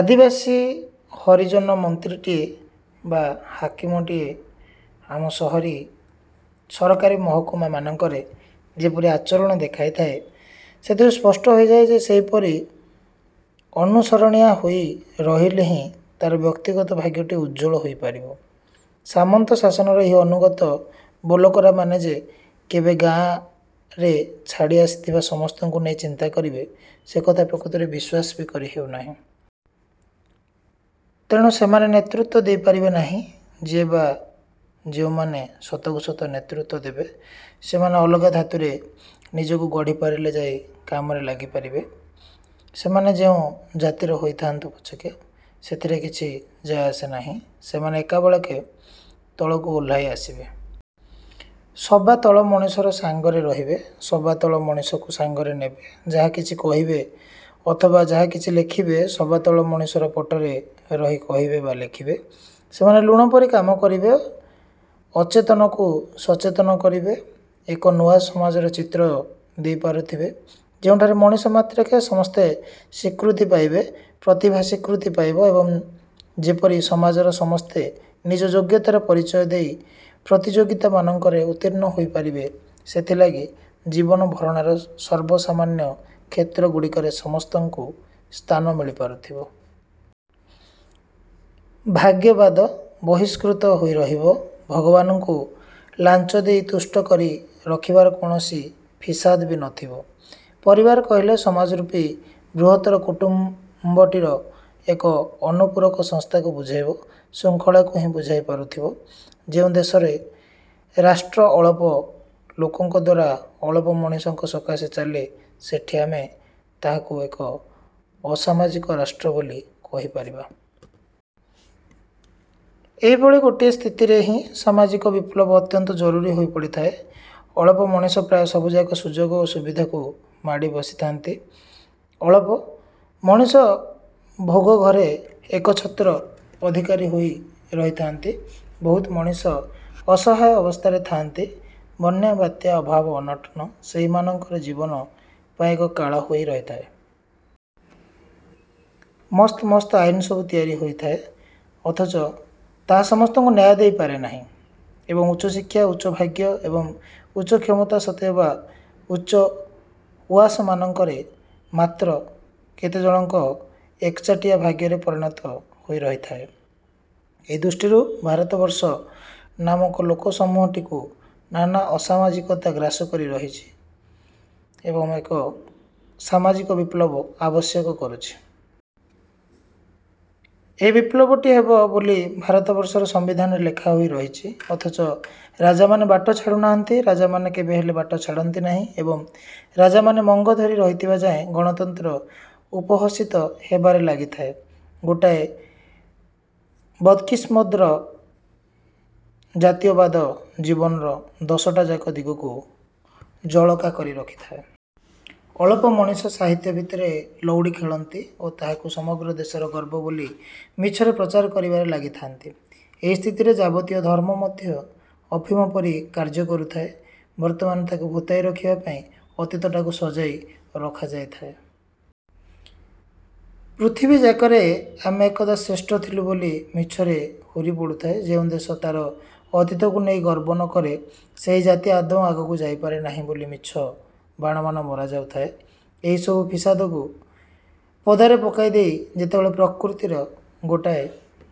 ଆଦିବାସୀ, ହରିଜନ ମନ୍ତ୍ରୀଟିଏ ବା ହାକିମଟିଏ ଆମ ସହରୀ ସରକାରୀ ମହକୁମା ମାନଙ୍କରେ ଯେପରି ଆଚରଣ ଦେଖାଇଥାଏ, ସେଥିରୁ ସୃଷ୍ଟ ହୋଇଯାଏ ଯେ, ସେହିପରି ଅନୁସରଣିଆ ହୋଇ ରହିଲେ ହି ତା'ର ବ୍ୟକ୍ତିଗତ ଭାଗ୍ୟଟି ଉଜ୍ଜ୍ୱଳ ହୋଇପାରିବ। ସାମନ୍ତ ଶାସନର ଏହି ଅନୁଗତ ବୋଲକରାମାନେ ଯେ କେବେ ଗାଆଁରେ ଛାଡ଼ି ଆସିଥିବା ସମସ୍ତଙ୍କୁ ନେଇ ଚିନ୍ତା କରିବେ, ସେକଥା ପ୍ରକୃତରେ ବିଶ୍ୱାସ ବି କରି ହେଉନାହିଁ। ତେଣୁ ସେମାନେ ନେତୃତ୍ୱ ଦେଇପାରିବେ ନାହିଁ । ଯିଏ ବା ଯେଉଁମାନେ ସତକୁ ସତ ନେତୃତ୍ୱ ଦେବେ ସେମାନେ ଅଲଗା ଧାତୁରେ ନିଜକୁ ଗଢ଼ି ପାରିଲେ ଯାଇ କାମରେ ଲାଗିପାରିବେ। ସେମାନେ ଯେଉଁ ଜାତିର ହୋଇଥାଆନ୍ତୁ ପଛକେ, ସେଥିରେ କିଛି ଯାଏଆସେ ନାହିଁ। ସେମାନେ ଏକାବେଳେକେ ତଳକୁ ଓହ୍ଲାଇ ଆସିବେ। ସବାତଳ ମଣିଷର ସାଙ୍ଗରେ ରହିବେ, ସବାତଳ ମଣିଷକୁ ସାଙ୍ଗରେ ନେବେ। ଯାହାକିଛି କହିବେ ଅଥବା ଯାହାକିଛି ଲେଖିବେ, ସବାତଳ ମଣିଷର ପଟରେ ରହି କହିବେ ବା ଲେଖିବେ। ସେମାନେ ଲୁଣ ପରି କାମ କରିବେ। ଅଚେତନକୁ ସଚେତନ କରିବେ। ଏକ ନୂଆ ସମାଜର ଚିତ୍ର ଦେଇପାରୁଥିବେ, ଯେଉଁଠାରେ ମଣିଷ ମାତ୍ରକେ ସମସ୍ତେ ସ୍ଵୀକୃତି ପାଇବେ, ପ୍ରତିଭା ସ୍ୱୀକୃତି ପାଇବ ଏବଂ ଯେପରି ସମାଜର ସମସ୍ତେ ନିଜ ଯୋଗ୍ୟତାର ପରିଚୟ ଦେଇ ପ୍ରତିଯୋଗିତା ମାନଙ୍କରେ ଉତ୍ତୀର୍ଣ୍ଣ ହୋଇପାରିବେ, ସେଥିଲାଗି ଜୀବନଭରଣାର ସର୍ବସାମାନ୍ୟ କ୍ଷେତ୍ରଗୁଡ଼ିକରେ ସମସ୍ତଙ୍କୁ ସ୍ଥାନ ମିଳିପାରୁଥିବ। ଭାଗ୍ୟବାଦ ବହିଷ୍କୃତ ହୋଇରହିବ। ଭଗବାନଙ୍କୁ ଲାଞ୍ଚ ଦେଇ ତୁଷ୍ଟ କରି ରଖିବାର କୌଣସି ଫିସାଦ ବି ନଥିବ। ପରିବାର କହିଲେ ସମାଜରୂପୀ ବୃହତ୍ତର କୁଟୁମ୍ବଟିର ଏକ ଅନୁପୂରକ ସଂସ୍ଥାକୁ ବୁଝାଇବ, ଶୃଙ୍ଖଳାକୁ ହିଁ ବୁଝାଇ ପାରୁଥିବ| ଯେଉଁ ଦେଶରେ ରାଷ୍ଟ୍ର ଅଳପ ଲୋକଙ୍କ ଦ୍ୱାରା ଅଳପ ମଣିଷଙ୍କ ସକାଶେ ଚାଲେ, ସେଠି ଆମେ ତାହାକୁ ଏକ ଅସାମାଜିକ ରାଷ୍ଟ୍ର ବୋଲି କହିପାରିବା। ଏହିଭଳି ଗୋଟିଏ ସ୍ଥିତିରେ ହିଁ ସାମାଜିକ ବିପ୍ଳବ ଅତ୍ୟନ୍ତ ଜରୁରୀ ହୋଇପଡ଼ିଥାଏ। ଅଳପ ମଣିଷ ପ୍ରାୟ ସବୁଯାକ ସୁଯୋଗ ଓ ସୁବିଧାକୁ ମାଡ଼ି ବସିଥାନ୍ତି। ଅଳପ। ମଣିଷ ଭୋଗଘରେ ଏକଛତ୍ର ଅଧିକାରୀ ହୋଇ ରହିଥାନ୍ତି। ବହୁତ ମଣିଷ ଅସହାୟ ଅବସ୍ଥାରେ ଥାଆନ୍ତି। ବନ୍ୟା, ବାତ୍ୟା, ଅଭାବ, ଅନାଟନ ସେହିମାନଙ୍କର ଜୀବନ ପାଇଁ କାଳ ହୋଇ ରହିଥାଏ। ମସ୍ତ ମସ୍ତ ଆଇନ ସବୁ ତିଆରି ହୋଇଥାଏ, ଅଥଚ ତାହା ସମସ୍ତଙ୍କୁ ନ୍ୟାୟ ଦେଇପାରେ ନାହିଁ। ଏବଂ ଉଚ୍ଚଶିକ୍ଷା, ଉଚ୍ଚଭାଗ୍ୟ ଏବଂ ଉଚ୍ଚକ୍ଷମତା ସତେ ଅବା ଉଚ୍ଚ ଉଆସମାନଙ୍କରେ ମାତ୍ର କେତେଜଣଙ୍କର ଏକଚାଟିଆ ଭାଗ୍ୟରେ ପରିଣତ ହୋଇ ରହିଥାଏ । ଏହି ଦୃଷ୍ଟିରୁ ଭାରତବର୍ଷ ନାମକ ଲୋକସମୂହଟିକୁ ନାନା ଅସାମାଜିକତା ଗ୍ରାସ କରି ରହିଛି ଏବଂ ଏକ ସାମାଜିକ ବିପ୍ଳବ ଆବଶ୍ୟକ କରୁଛି। ଏହି ବିପ୍ଳବଟି ହେବ ବୋଲି ଭାରତବର୍ଷର ସମ୍ବିଧାନରେ ଲେଖାହୋଇ ରହିଛି, ଅଥଚ ରାଜାମାନେ ବାଟ ଛାଡୁନାହାନ୍ତି। ରାଜାମାନେ କେବେହେଲେ ବାଟ ଛାଡ଼ନ୍ତି ନାହିଁ ଏବଂ ରାଜାମାନେ ମଙ୍ଗ ଧରି ରହିଥିବା ଯାଏ ଗଣତନ୍ତ୍ର ଉପହସିତ ହେବାରେ ଲାଗିଥାଏ। ଗୋଟାଏ ବଦ୍କିସମର ଜାତୀୟତାବାଦ ଜୀବନର ଦଶଟାଯାକ ଦିଗକୁ ଜଳକା କରି ରଖିଥାଏ। ଅଳପ ମଣିଷ ସାହିତ୍ୟ ଭିତରେ ଲଉଡ଼ି ଖେଳନ୍ତି ଓ ତାହାକୁ ସମଗ୍ର ଦେଶର ଗର୍ବ ବୋଲି ମିଛରେ ପ୍ରଚାର କରିବାରେ ଲାଗିଥାଆନ୍ତି। ଏହି ସ୍ଥିତିରେ ଯାବତୀୟ ଧର୍ମ ମଧ୍ୟ ଅଫିମ ପରି କାର୍ଯ୍ୟ କରୁଥାଏ। ବର୍ତ୍ତମାନ ତାକୁ ଭୂତାଇ ରଖିବା ପାଇଁ ଅତୀତଟାକୁ ସଜାଇ ରଖାଯାଇଥାଏ। ପୃଥିବୀଯାକରେ ଆମେ ଏକଦା ଶ୍ରେଷ୍ଠ ଥିଲୁ ବୋଲି ମିଛରେ ହୁରି ପଡୁଥାଏ। ଯେଉଁ ଦେଶ ତାର ଅତୀତକୁ ନେଇ ଗର୍ବ ନକରେ, ସେହି ଜାତି ଆଦୌ ଆଗକୁ ଯାଇପାରେ ନାହିଁ ବୋଲି ମିଛ ବାଣମାନ ମରା ଯାଉଥାଏ। ଏହିସବୁ ଫିସାଦକୁ ପଦାରେ ପକାଇ ଦେଇ ଯେତେବେଳେ ପ୍ରକୃତିର ଗୋଟାଏ ।